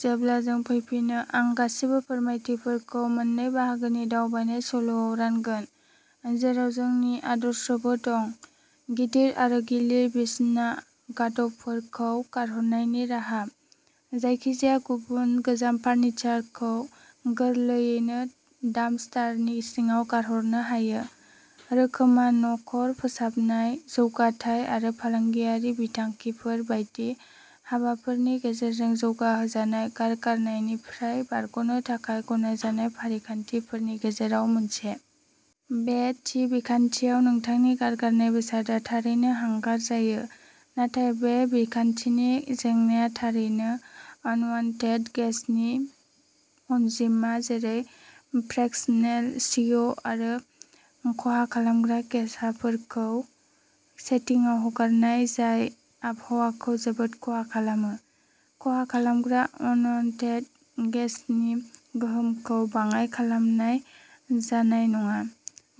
जेब्ला जों फैफिनो, आं गासिबो फोरमायथिफोरखौ मोननै बाहागोनि दावबायनाय सल'आव रानगोन, जेराव जोंनि आदर्शबो दं। गिदिर आरो गिलिर बिसना गादबफोरखौ गारहरनायनि राहा। जायखिजाया गुबुन गोजाम फार्निचारखौ गोरलैयैनो डाम्पस्टारनि सिङाव गारहरनो हायो। रोखोमआ न'खर फोसाबनाय, जौगाथाय आरो फालांगियारि बिथांखिफोर बायदि हाबाफोरनि गेजेरजों जौगाहोजानाय गारगारनायनिफ्राय बारग'नो थाखाय गनायजानाय फारिखान्थिफोरनि गेजेराव मोनसे। बे थि बिखान्थियाव नोंथांनि गारगारनाय बेसादआ थारैनो हांगार जायो, नाथाय बे बिखान्थिनि जेंनाआ थारैनो अनवान्टेड गेसनि अनजिमा जेरै फ्रेक्सनेल सिअ' आरो खहा खालामग्रा गेसाफोरखौ सेटिंआव हगारनाय जाय आबहावाखौ जोबोद खहा खालामो। खहा खालामग्रा अनवान्टेड गेसनि गोहोमखौ बाङाय खालामनाय जानाय नङा,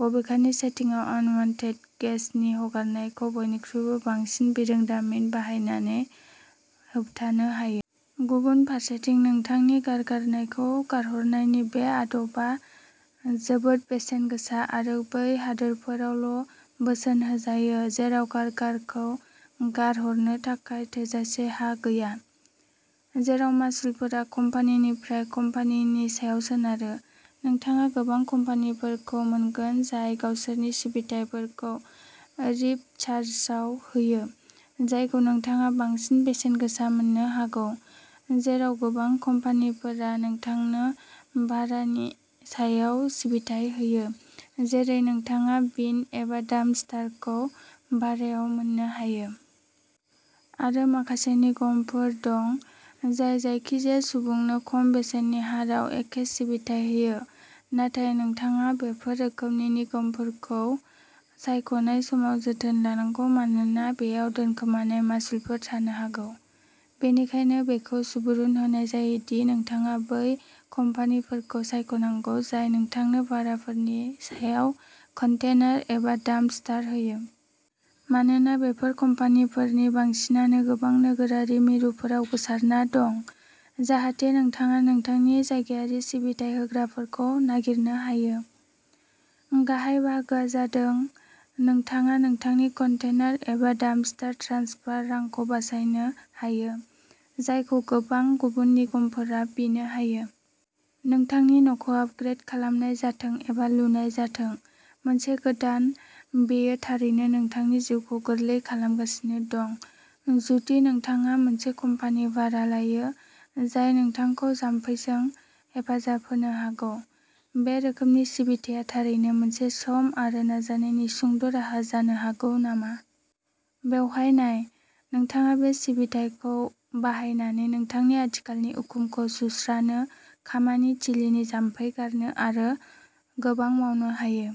बबेखानि सेटिंआव अनवान्टेड गेसनि हगारनायखौ बयनिख्रुइबो साबसिन बिरोंदामिन बाहायनानै होबथानो हायो। गुबुन फारसेथिं नोंथांनि गारगारनायखौ गारहरनायनि बे आदबा जोबोद बेसेन गोसा आरो बै हादोरफोरावल'बोसोन होजायो जेराव गारगारखौ गारहरनो थाखाय थोजासे हा गैया। जेराव मासुलफोरा कम्पानिनिफ्राय कम्पानिनि सायाव सोनारो। नोंथाङा गोबां कम्पानिफोरखौ मोनगोन जाय गावसोरनि सिबिथाइफोरखौ रिप्ड चार्जआव होयो, जायखौ नोंथाङा बांसिन बेसेन गोसा मोननो हागौ, जेराव गोबां कम्पानिफोरा नोंथांनो भारानि सायाव सिबिथाइ होयो, जेरै नोंथाङा बिन एबा डाम्पस्टारखौ भारायाव मोननो हायो। आरो माखासे निगमफोर दं, जाय जायखिजाया सुबुंनो खम बेसेननि हाराव एखे सिबिथाइ होयो, नाथाय नोंथाङा बेफोर रोखोमनि निगमफोरखौ सायख'नाय समाव जोथोन लानांगौ मानोना बेयाव दोनखोमानाय मासुलफोर थानो हागौ। बेनिखायनो बेखौ सुबुरुन होनाय जायो दि नोंथाङा बै कम्पानिफोरखौ सायख'नांगौ जाय नोंथांनो भाराफोरनि सायाव कन्टेनार एबा डाम्पस्टार होयो। मानोना बेफोर कम्पानिफोरनि बांसिनानो गोबां नोगोरारि मिरुफोराव गोसारना दं, जाहाथे नोंथाङा नोंथांनि जायगायारि सिबिथाइ होग्राफोरखौ नागिरनो हायो। गाहाय बाहागोआ जादों नोंथाङा नोंथांनि कन्टेनार एबा डाम्पस्टार ट्रेन्सफार रांखौ बासायनो हायो, जायखौ गोबां गुबुन निगमफोरा बिनो हायो। नोंथांनि न'खौ आपग्रेद खालामनाय जाथों एबा लुनाय जाथों। मोनसे गोदान, बेयो थारैनो नोंथांनि जिउखौ गोरलै खालामगासिनो दं, जुदि नोंथाङा मोनसे कम्पानि भारा लायो, जाय नोंथांखौ जामफैजों हेफाजाब होनो हागौ। बे रोखोमनि सिबिथाया थारैनो मोनसे सम आरो नाजानायनि सुंद'राहा जानो हागौ नामा? बेवहाय नाय। नोंथाङा बे सिबिथाइखौ बाहायनानै नोंथांनि आथिखालनि उखुमखौ सुस्रानो, खामानि थिलिनि जामफै गारनो आरो गोबां मावनो हायो।